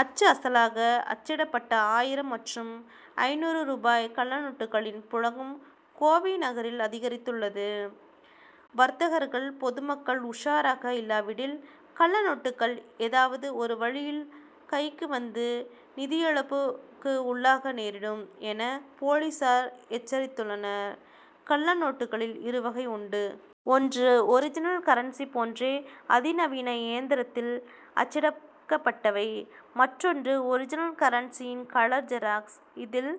அச்சு அசலாக அச்சிடப் பட்ட ஆயிரம் மற்றும் ஐந்நூறு ரூபாய் கள்ளநோட்டுகளின் புழக்கம் கோவை நகரில் அதிகரித்துள்ளது. வர்த்தகர்கள் பொதுமக்கள் உஷாராக இல்லாவிடில் கள்ளநோட்டுகள் ஏதாவது ஒரு வழியில் கைக்கு வந்து நிதியிழப் புக்கு உள்ளாக நேரிடும் என போலீசார் எச்சரித்துள் ளனர். கள்ளநோட்டுகளில் இரு வகை உண்டு. ஒன்று ஒரிஜினல் கரன்சி போன்றே அதிநவீன இயந்திரத்தில் அச்சடிக்கப்பட்டவை. மற் றொன்று ஒரிஜினல் கரன்சி யின் கலர் ஜெராக்ஸ். இதில்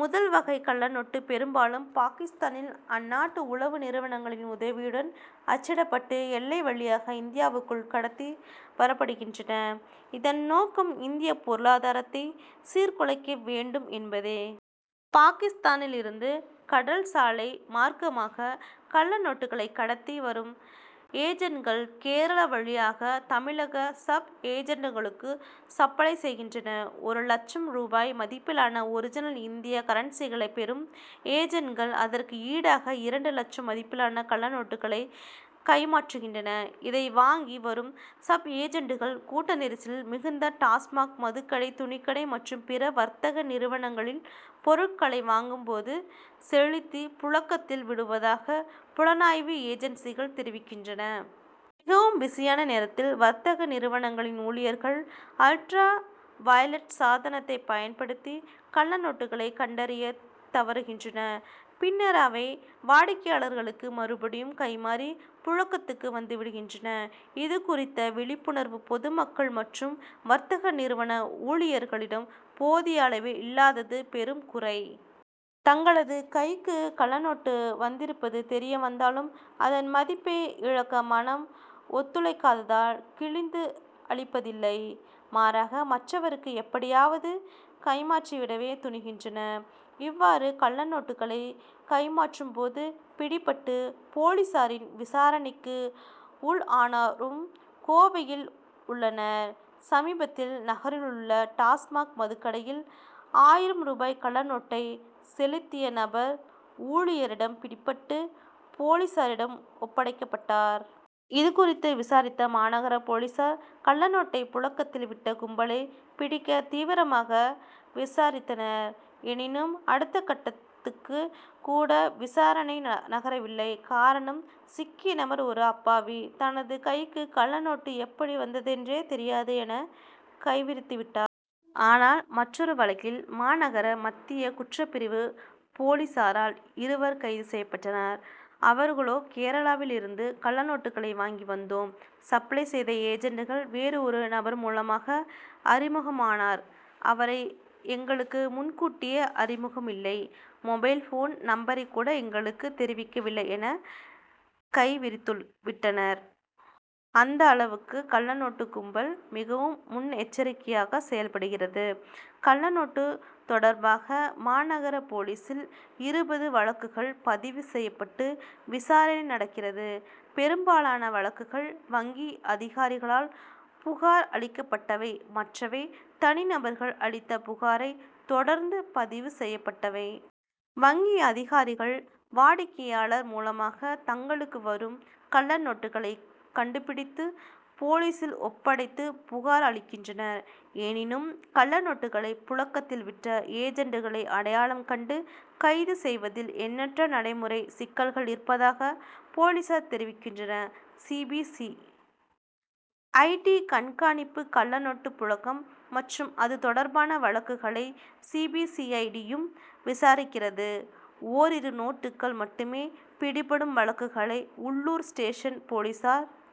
முதல் வகை கள்ளநோட்டு பெரும் பாலும் பாகிஸ்தானில் அந் நாட்டு உளவு நிறுவனங் களின் உதவியுடன் அச் சிடப்பட்டு எல்லை வழியாக இந்தியாவுக்குள் கடத்தி வரப்படுகின்றன இதன் நோக்கம் இந்திய பொருளாதாரத்தை சீர் குலைக்க வேண்டும் என் பதே. பாகிஸ்தானில் இருந்து கடல் சாலை மார்க்கமாக கள்ளநோட்டுகளை கடத்தி வரும் ஏஜன்ட்கள் கேரளா வழியாக தமிழக சப் ஏஜன்ட்களுக்கு சப்ளை செய்கின்றனர். ஒரு லட்சம் ரூபாய் மதிப்பிலான ஒரிஜினல் இந்திய கரன்சிகளை பெறும் ஏஜன்ட்கள் அதற்கு ஈடாக இரண்டு லட்சம் மதிப்பிலான கள்ளநோட்டுகளை கைமாற்றுகின்றனர். இதை வாங்கி வரும் சப் ஏஜன்ட்கள் கூட்ட நெரிசல் மிகுந்த டாஸ்மாக் மதுக்கடை துணிக்கடை மற்றும் பிற வர்த்தக நிறுவனங்களில் பொருட்களை வாங்கும் போது செலுத்தி புழக்கத்தில் விடுவதாக புலனாய்வு ஏஜன்சிகள் தெரிவிக்கின்றன. மிகவும் பிஸியான நேரத்தில் வர்த்தக நிறுவனங்களின் ஊழியர்கள் அல்ட்ரா வயலட் சாதனத்தை பயன்படுத்தி கள்ளநோட்டுகளை கண்டறிய தவறுகின்றனர். பின்னர் அவை வாடிக்கையாளர்களுக்கு மறுபடியும் கைமாறி புழக்கத்துக்கு வந்துவிடுகின்றன. இது குறித்த விழிப் புணர்வு பொதுமக்கள் மற்றும் வர்த்தக நிறுவன ஊழியர்களிடம் போதிய அளவில் இல்லாதது பெரும் குறை. தங்களது கைக்கு கள்ள நோட்டு வந்திருப்பது தெரிய வந்தாலும் அதன் மதிப்பை இழக்க மனம் ஒத்துழைக்காததால் கிழித்து அழிப்பதில்லை. மாறாக மற்றவருக்கு எப்படியாவது கைமாற்றிவிடவே துணிகின்றனர். இவ்வாறு கள்ளநோட்டுகளை கைமாற்றும் போது பிடிபட்டு போலீசாரின் விசாரணைக்கு உள்ளானோரும் கோவையில் உள்ளனர். சமீபத்தில் நகரிலுள்ள டாஸ்மாக் மதுக் கடையில் ஆயிரம் ரூபாய் கள்ள நோட்டை செலுத்திய நபர் ஊழியரிடம் பிடிபட்டு போலீசாரிடம் ஒப்படைக்கப்பட்டார். இது குறித்து விசாரித்த மாநகர போலீசார் கள்ளநோட்டை புழக்கத்தில் விட்ட கும்பலை பிடிக்க தீவிரமாக விசாரித்தனர். எனினும் அடுத்த கட்டத் துக்கு கூட விசாரணை நகரவில்லை காரணம் சிக்கிய நபர் ஓர் அப்பாவி. தனது கைக்கு கள்ளநோட்டு எப்படி வந்ததென்றே தெரியாது என கைவிரித்து விட்டார். ஆனால் மற்றொரு வழக்கில் மாநகர மத்திய குற்றப்பிரிவு போலீசாரால் இருவர் கைது செய்யப்பட்டனர். அவர்களோ கேரளாவில் இருந்து கள்ளநோட்டுகளை வாங்கி வந்தோம். சப்ளை செய்த ஏஜன்ட்கள் வேறு ஒரு நபர் மூலமாகவே அறிமுகமானார். அவரை எங்களுக்கு முன் கூட்டியே அறிமுகமில்லை. மொபைல் போன் நம்பரை கூட எங்களுக்கு தெரிவிக்கவில்லை என கைவிரித்துவிட்டனர். அந்த அளவுக்கு கள்ளநோட்டு கும்பல் மிகவும் முன்னெச்சரிக்கையாக செயல்படுகிறது. கள்ளநோட்டு தொடர் பாக மாநகர போலீசில் இருபது வழக்குகள் பதிவு செய்யப் பட்டு விசாரணை நடக் கிறது. பெரும்பாலான வழக்குகள் வங்கி அதிகாரிகளால் புகார் அளிக்கப்பட்டவை மற்றவை தனி நபர்கள் அளித்த புகாரை தொடர்ந்து பதிவு செய்யப்பட்டவை. வங்கி அதிகாரிகள் வாடிக்கையாளர் மூலமாக தங்களுக்கு வரும் கள்ளநோட்டுகளை கண்டுபிடித்து போலீசில் ஒப் படைத்து புகார் அளிக்கின்றனர். எனினும் கள்ளநோட்டுகளை புழக்கத்தில் விட்ட ஏஜன்ட்களை அடையாளம் கண்டு கைது செய் வதில் எண்ணற்ற நடைமுறை சிக்கல்கள் இருப்பதாக போலீசார் தெரிவிக் கின்றனர். C. B. C. I. D. கண்காணிப்பு கள்ளநோட்டு புழக்கம் மற்றும் அது தொடர்பான வழக்குகளை C. B. C. I. D. யும் விசாரிக்கிறது. ஓரிரு நோட்டுகள் மட்டுமே பிடிபடும் வழக்குகளை உள்ளூர் ஸ்டேஷன் போலீசார்